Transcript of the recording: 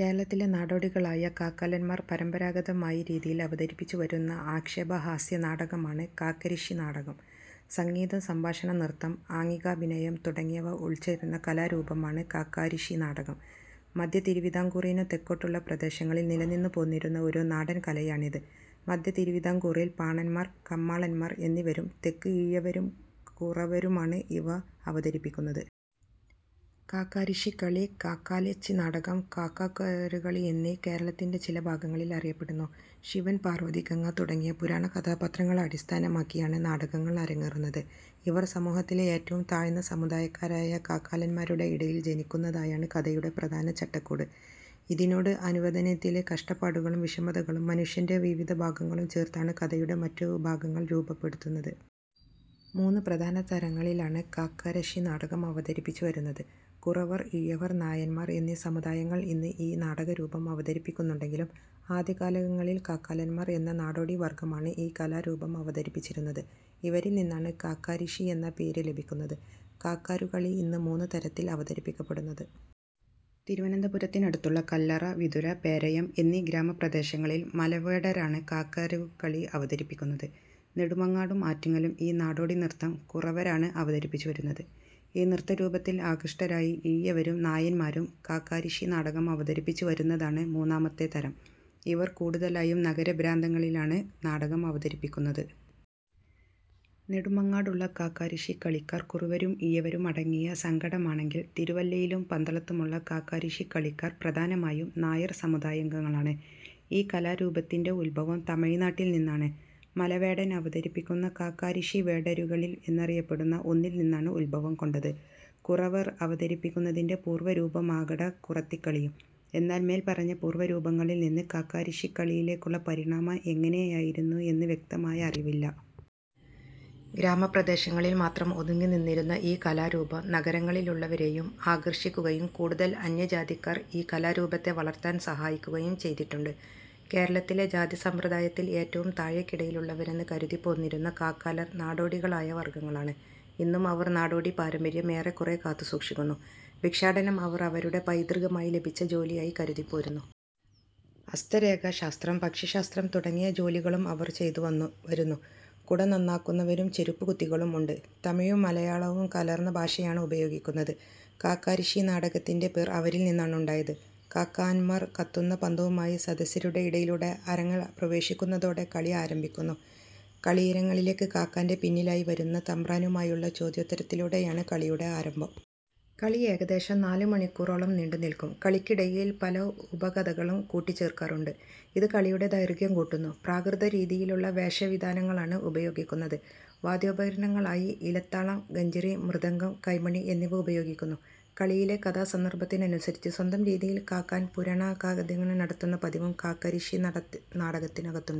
കേരളത്തിലെ നാടോടികളായ കാക്കാലന്മാർ പരമ്പരാഗതമായ രീതിയിൽ അവതരിപ്പിച്ചു വരുന്ന ആക്ഷേപഹാസ്യനാടകമാണ് കാക്കരിശ്ശിനാടകം. സംഗീതം, സംഭാഷണം, നൃത്തം, ആംഗികാഭിനയം തുടങ്ങിയവ ഉൾച്ചേർന്ന കലാരൂപമാണ് കാക്കാരിശ്ശി നാടകം. മധ്യതിരുവതാംകൂറിനു തെക്കോട്ടുള്ള പ്രദേശങ്ങളിൽ നിലനിന്നു പോന്നിരുന്ന ഒരു നാടൻ കലയാണിതു്. മധ്യതിരുവതാംകൂറിൽ പാണന്മാർ, കമ്മാളന്മാർ എന്നിവരും, തെക്ക് ഈഴവരും കുറവരുമാണ് ഇവ അവതിരിപ്പിക്കുന്നതു്. കാക്കാരിശ്ശികളി. കാക്കാലച്ചിനാടകം, കാക്കാരുകളി എന്നും കേരളത്തിൻറെ ചിലഭാഗങ്ങളിൽ അറിയപ്പെടുന്നു. ശിവൻ, പാർവതി, ഗംഗ തുടങ്ങിയ പുരാണ കഥാപാത്രങ്ങളള അടിസ്ഥാനമാക്കിയാണ് നാടകങ്ങൾ അരങ്ങേറുന്നത്. ഇവർ സമൂഹത്തിലെ ഏറ്റവും താഴ്ന്ന സമുദായമായ കാക്കാലന്മാരുടെ ഇടയിൽ ജനിക്കുന്നതായാണ് കഥയുടെ പ്രധാന ചട്ടക്കൂട്. ഇതിനോട് അനുദിനത്തിലെ കഷ്ടപ്പാടുകളും വിഷമതകളും മനുഷ്യന്റെ വിവിധഭാവങ്ങളും ചേർത്താണ് കഥയുടെ മറ്റു ഭാഗങ്ങൾ രൂപപ്പെടുത്തുന്നത്. മൂന്ന് പ്രധാന തരങ്ങളിലാണ് കാക്കരശ്ശി നാടകം അവതരിപ്പിച്ചു വരുന്നത്. കുറവർ, ഈഴവർ, നായന്മാർ എന്നീ സമുദായങ്ങൾ ഇന്ന് ഈ നാടകരൂപം അവതരിപ്പിക്കുന്നുണ്ടെങ്കിലും ആദ്യകാലങ്ങളിൽ കാക്കാലർ എന്ന നാടോടിവർഗ്ഗമാണ് ഈ കലാരൂപം അവതരിപ്പിച്ചിരുന്നത്. അവരിൽ നിന്നാണ് കാക്കാരിശ്ശി എന്ന പേരു ലഭിക്കുന്നത്. കാക്കാരുകളി ഇന്ന് മൂന്ന് തരത്തിലാണ് അവതരിപ്പിക്കപ്പെടുന്നത്. തിരുവനന്തപുരത്തിനടുത്തുള്ള കല്ലറ, വിതുര, പേരയം എന്നീ ഗ്രാമപ്രദേശങ്ങളിൽ മലവേടരാണ് കാക്കാരുകളി അവതരിപ്പിക്കുന്നത്. നെടുമങ്ങാടും ആറ്റിങ്ങലും ഈ നാടോടി നൃത്തം കുറവരാണ് അവതരിപ്പിച്ചു വരുന്നത്. ഈ നൃത്തരൂപത്തിൽ ആകൃഷ്ടരായി ഈഴവരും നായന്മാരും കാക്കാരിശ്ശി നാടകം അവതരിപ്പിച്ചു വരുന്നതാണ് മൂന്നാമത്തെ തരം. ഇവർ കൂടുതലായും നഗരപ്രാന്തങ്ങളിലാണ് നാടകം അവതരിപ്പിക്കുന്നത്. നെടുമങ്ങാടുള്ള കാക്കാരിശ്ശി കളിക്കാർ കുറവരും ഈഴവരും അടങ്ങിയ സംഘമാണെങ്കിൽ തിരുവല്ലയിലും പന്തളത്തുമുള്ള കാക്കാരിശ്ശികളിക്കാർ പ്രധാനമായും നായർ സമുദായാംഗങ്ങളാണ്. ഈ കലാരൂപത്തിന്റെ ഉത്ഭവം തമിഴ്നാട്ടിൽ നിന്നാണ്. മലവേടർ അവതരിപ്പിക്കുന്ന കാക്കാരിശ്ശി വേടരുകളി എന്നറിയപ്പെടുന്ന ഒന്നിൽ നിന്നാണ് ഉത്ഭവം കൊണ്ടത്. കുറവർ അവതരിപ്പിക്കുന്നതിന്റെ പൂർവ രൂപമാകടെ കുറത്തികളിയും. എന്നാൽ മേൽ പറഞ്ഞ പൂർവരൂപങ്ങളിൽ നിന്ന് കാക്കാരിശ്ശികളിയിലേക്കുള്ള പരിണാമ എങ്ങനെയായിരുന്നു എന്ന് വ്യക്തമായ അറിവില്ല. ഗ്രാമപ്രദേശങ്ങളിൽ മാത്രം ഒതുങ്ങി നിന്നിരുന്ന ഈ കലാരൂപം നഗരങ്ങളിലുള്ളവരേയും ആകർഷിക്കുകയും കൂടുതൽ അന്യജാതിക്കാർ ഈ കലാരൂപത്തെ വളർത്താൻ സഹായിക്കുകയും ചെയ്തിട്ടുണ്ട്. കേരളത്തിലെ ജാതിസമ്പ്രദായത്തിൽ ഏറ്റവും താഴെക്കിടയിലുള്ളവരെന്ന് കരുതിപ്പോന്നിരുന്ന കാക്കാലർ നാടോടികളായ വർഗ്ഗങ്ങളാണ്. ഇന്നും അവർ നാടോടി പാരമ്പര്യം ഏറെക്കുറെ കാത്തുസൂക്ഷിക്കുന്നു. ഭിക്ഷാടനം അവർ അവരുടെ പൈതൃകമായി ലഭിച്ച ജോലിയായി കരുതിപ്പോരുന്നു. ഹസ്തരേഖാശാസ്ത്രം, പക്ഷിശാസ്ത്രം തുടങ്ങിയ ജോലികളും അവർ ചെയ്തുവരുന്നു. കുട നന്നാക്കുന്നവരും ചെരുപ്പുകുത്തികളും ഉണ്ട്. തമിഴും മലയാളവും കലർന്ന ഭാഷയാണ് ഉപയോഗിക്കുന്നത്. കാക്കാരിശ്ശി നാടകത്തിന്റെ പേർ അവരിൽ നിന്നാണുണ്ടായത്. കാക്കാന്മാർ കത്തുന്ന പന്തവുമായി സദസ്യരുടെ ഇടയിലൂടെ അരങ്ങിൽ പ്രവേശിക്കുന്നതോടെ കളി ആരംഭിക്കുന്നു. കളിയരങ്ങിലേക്ക് കാക്കാന്റെ പിന്നിലായി വരുന്ന തബ്രാനുമായുള്ള ചൊദ്യോത്തരത്തിലൂടെയാണ് കളിയുടെ ആരംഭം. കളി ഏകദേശം നാലുമണിക്കൂറോളം നീണ്ടുനിൽക്കും. കളിക്കിടയിൽ പല ഉപകഥകളും കൂട്ടിചേർക്കാറുണ്ട്. ഇത് കളിയുടെ ദൈർഘ്യം കൂട്ടുന്നു. പ്രാകൃത രീതിയിലുള്ള വേഷവിധാനങ്ങളാണ് ഉപയോഗിക്കുന്നതു്. വാദ്യോപകരണങ്ങളായി ഇലത്താളം, ഗഞ്ചിറ, മൃദംഗം, കൈമണി എന്നിവ ഉപയോഗിക്കുന്നു. കളിയിലെ കഥാസന്ദർഭത്തിനനുസരിച്ച് സ്വന്തം രീതിയിൽ കാക്കാൻ പുരാണകഥാഖ്യാനം നടത്തുന്ന പതിവും കാക്കരിശ്ശി നാടകത്തിനുണ്ട്.